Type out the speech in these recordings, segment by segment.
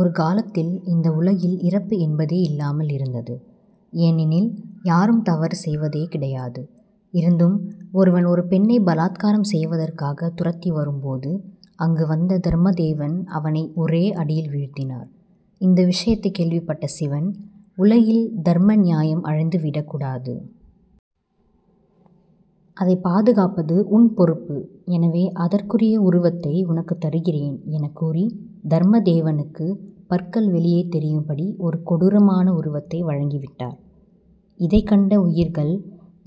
ஒரு காலத்தில் இந்த உலகில் இறப்பு என்பதே இல்லாமல் இருந்தது. ஏனெனில் யாரும் தவறு செய்வதே கிடையாது. இருந்தும் ஒருவன் ஒரு பெண்ணை பலாத்காரம் செய்வதற்காக துரத்தி வரும் போது அங்கு வந்த தர்மதேவன் அவனை ஒரே அடியில் வீழ்த்தினார். இந்த விஷயத்தை கேள்விப் பட்ட சிவன் உலகில் தர்ம நியாயம் அழிந்து விடக்கூடாது. அதை பாதுகாப்பது உன் பொறுப்பு. எனவே அதற்குரிய உருவத்தை உனக்கு தருகிறேன் என கூறி தர்மதேவனுக்கு பற்கள் வெளியே தெரியும் படி ஒரு கொடூரமான உருவத்தை வழங்கி விட்டார். இதைக்கண்ட உயிர்கள்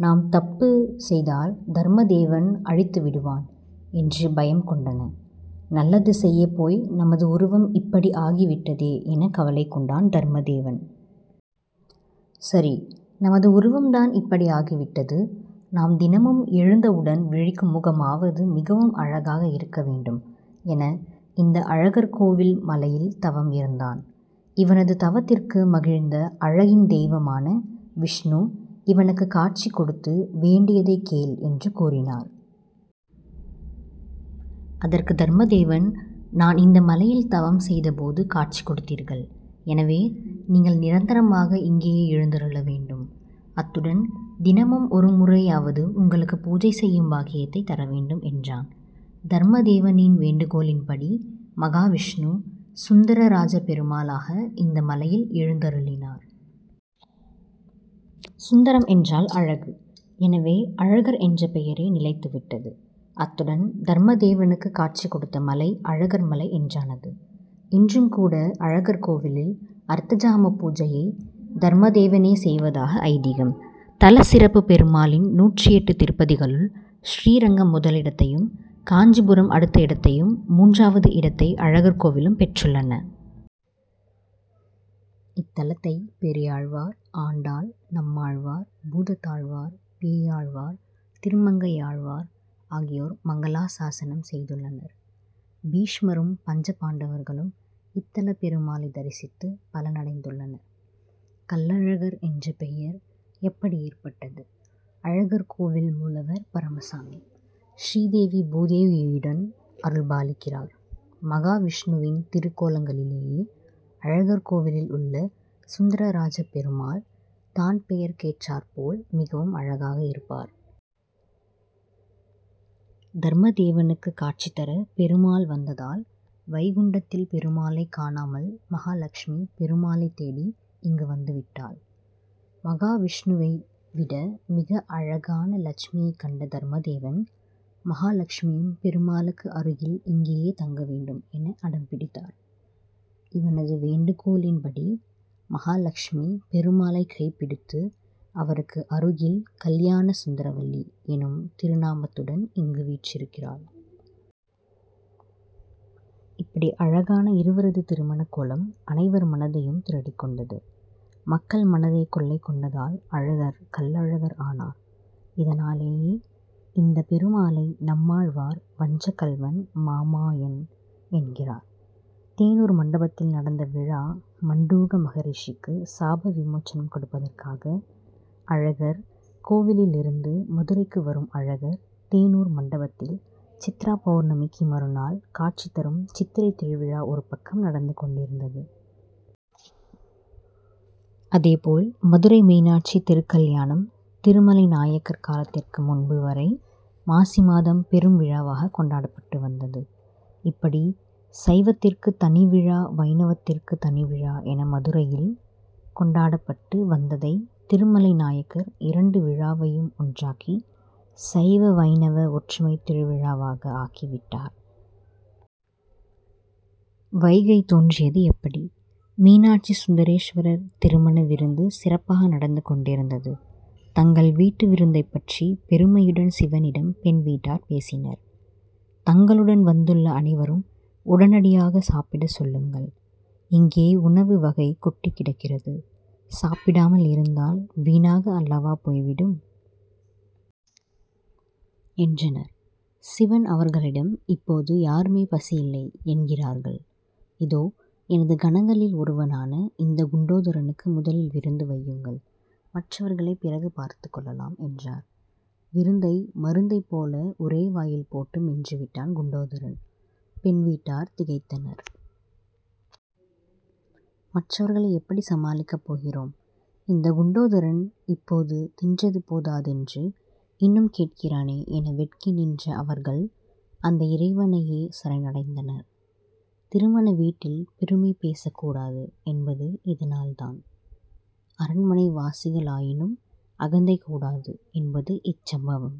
நாம் தப்பு செய்தால் தர்மதேவன் அழித்து விடுவான் என்று பயம் கொண்டன. நல்லது செய்யப்போய் நமது உருவம் இப்படி ஆகி விட்டதே என கவலை கொண்டான் தர்மதேவன். சரி! நமது உருவம் தான் இப்படி ஆகி விட்டது. நாம் தினமும் எழுந்தவுடன் விழிக்கும் முகமாகவது மிகவும் அழகாக இருக்க வேண்டும் என இந்த அழகர்கோவில் மலையில் தவம் இருந்தான். இவனது தவத்திற்கு மகிழ்ந்த அழகின் தெய்வமான விஷ்ணு இவனுக்கு காட்சி கொடுத்து வேண்டியதை கேள் என்று கூறினார். அதற்கு தர்மதேவன் நான் இந்த மலையில் தவம் செய்த போது காட்சி கொடுத்தீர்கள். எனவே நீங்கள் நிரந்தரமாக இங்கேயே எழுந்தருளவேண்டும். அத்துடன் தினமும் ஒரு முறையாவது உங்களுக்கு பூஜை செய்யும் பாக்கியத்தை தரவேண்டும் என்றான். தர்மதேவனின் வேண்டுகோளின் படி மகாவிஷ்ணு சுந்தரராஜப்பெருமாளாக இந்த மலையில் எழுந்தருளினார். சுந்தரம் என்றால் அழகு. எனவே அழகர் என்ற பெயரே நிலைத்து விட்டது. அத்துடன் தர்மதேவனுக்கு காட்சி கொடுத்த மலை அழகர் மலை என்றானது. இன்றும் கூட அழகர்கோவிலில் அர்த்தஜாம பூஜையை தர்மதேவனே செய்வதாக ஐதீகம். தல சிறப்பு பெருமாளின் நூற்று எட்டு திருப்பதிகளுள் ஸ்ரீரங்கம் முதலிடத்தையும் காஞ்சிபுரம் அடுத்த இடத்தையும் மூன்றாவது இடத்தை அழகர்கோவிலும் பெற்றுள்ளன. இத்தலத்தை பெரியாழ்வார் ஆண்டாள் நம்மாழ்வார் பூதத்தாழ்வார் பேயாழ் வார் திருமங்கையாழ்வார் ஆகியோர் மங்களாசாசனம் செய்துள்ளனர். பீஷ்மரும் பஞ்சபாண்டவர்களும் இத்தல பெருமாளை தரிசித்து பலனடைந்துள்ளனர். கள்ளழகர் என்ற பெயர் எப்படி ஏற்பட்டது அழகர்கோவில் மூலவர் பரமசாமி. ஸ்ரீதேவி பூதேவியுடன் அருள்பாலிக்கிறார். மகாவிஷ்ணுவின் திருக்கோலங்களிலேயேஅழகர்கோவிலில் உள்ள சுந்தரராஜப்பெருமாள் தான் பெயருக் கேற்றாற் போல் மிகவும் அழகாக இருப்பார். தர்மதேவனுக்கு காட்சி தர பெருமாள் வந்ததால் வைகுண்டத்தில் பெருமாளை காணாமல் மகாலட்சுமி பெருமாளைத்தேடி இங்கு வந்துவிட்டாள். மகாவிஷ்ணுவை விட மிக அழகான லட்சுமியைக்கண்ட தர்மதேவன் மகாலட்சுமியும் பெருமாளுக்கு அருகில் இங்கேயே தங்க வேண்டும் என அடம் பிடித்தார். இவனது வேண்டுகோளின் படி மகாலட்சுமி பெருமாளை கைப்பிடித்து அவருக்கு அருகில் கல்யாண சுந்தரவல்லி எனும் திருநாமத்துடன் இங்கு வீற்றிருக்கிறாள். இப்படி அழகான இருவரது திருமணக்கோலம் அனைவர் மனதையும் திருடிக்கொண்டது. மக்கள் மனதை கொள்ளை கொண்டதால் அழகர் கள்ளழகர் ஆனார். இதனாலேயே இந்த பெருமாளை நம்மாழ்வார் வஞ்சக்கள்வன் மாமாயன் என்கிறார். தேனூர் மண்டபத்தில் நடந்த விழா மண்டூக மகரிஷிக்கு சாப விமோசனம் கொடுப்பதற்காக அழகர் கோயிவிலிருந்து மதுரைக்கு வரும் அழகர் தேனூர் மண்டபத்தில் சித்ரா பவுர்ணமிக்கு மறுநாள் காட்சி தரும் சித்திரை திருவிழா ஒருபக்கம் நடந்து கொண்டிருந்தது. அதே போல் மதுரை மீனாட்சி திருக்கல்யாணம் திருமலை நாயக்கர் காலத்திற்கு முன்பு வரை மாசிமாதம் பெரும் விழாவாக கொண்டாடப்பட்டு வந்தது. இப்படி சைவத்திற்கு தனிவிழா வைணவத்திற்கு தனி விழா என மதுரையில் கொண்டாடப்பட்டு வந்ததை திருமலை நாயக்கர் இரண்டு விழாவையும் ஒன்றாக்கி சைவ வைணவ ஒற்றுமை திருவிழாவாக ஆக்கி விட்டார். வைகை தோன்றியது எப்படி மீனாட்சி சுந்தரேஸ்வரர் திருமண விருந்து சிறப்பாக நடந்து கொண்டிருந்தது. தங்கள் வீட்டு விருந்தைப் பற்றி பெருமையுடன் சிவனிடம் பெண் வீட்டார் பேசினர். தங்களுடன் வந்துள்ள அனைவரும் உடனடியாக சாப்பிடச்சொல்லுங்கள். இங்கே உணவுவகை கொட்டிக் கிடக்கிறது. சாப்பிடாமல் இருந்தால் வீணாக அல்லவா போய் விடும்? என்றனர். சிவன் அவர்களிடம் இப்போது யாருமே பசியில்லை என்கிறார்கள். இதோ எனது கணங்களில் ஒருவனான இந்த குண்டோதரனுக்கு முதலில் விருந்து வையுங்கள். மற்றவர்களை பிறகு பார்த்துக் கொள்ளலாம் என்றார். விருந்தை மருந்தைப் போல ஒரே வாயில் போட்டு மென்று விட்டான் குண்டோதரன். பெண் வீட்டார் திகைத்தனர். மற்றவர்களை எப்படி சமாளிக்கப் போகிறோம். இந்த குண்டோதரன் இப்போது தின்றது போதாதென்று இன்னும் கேட்கிறானே என வெட்கி நின்ற அவர்கள் அந்த இறைவனையே சரணடைந்தனர். திருமண வீட்டில் பெருமை பேசக்கூடாது என்பது இதனால் தான். அரண்மனைவாசிகளாயினும் அகந்தை கூடாது என்பது இச்சம்பவம்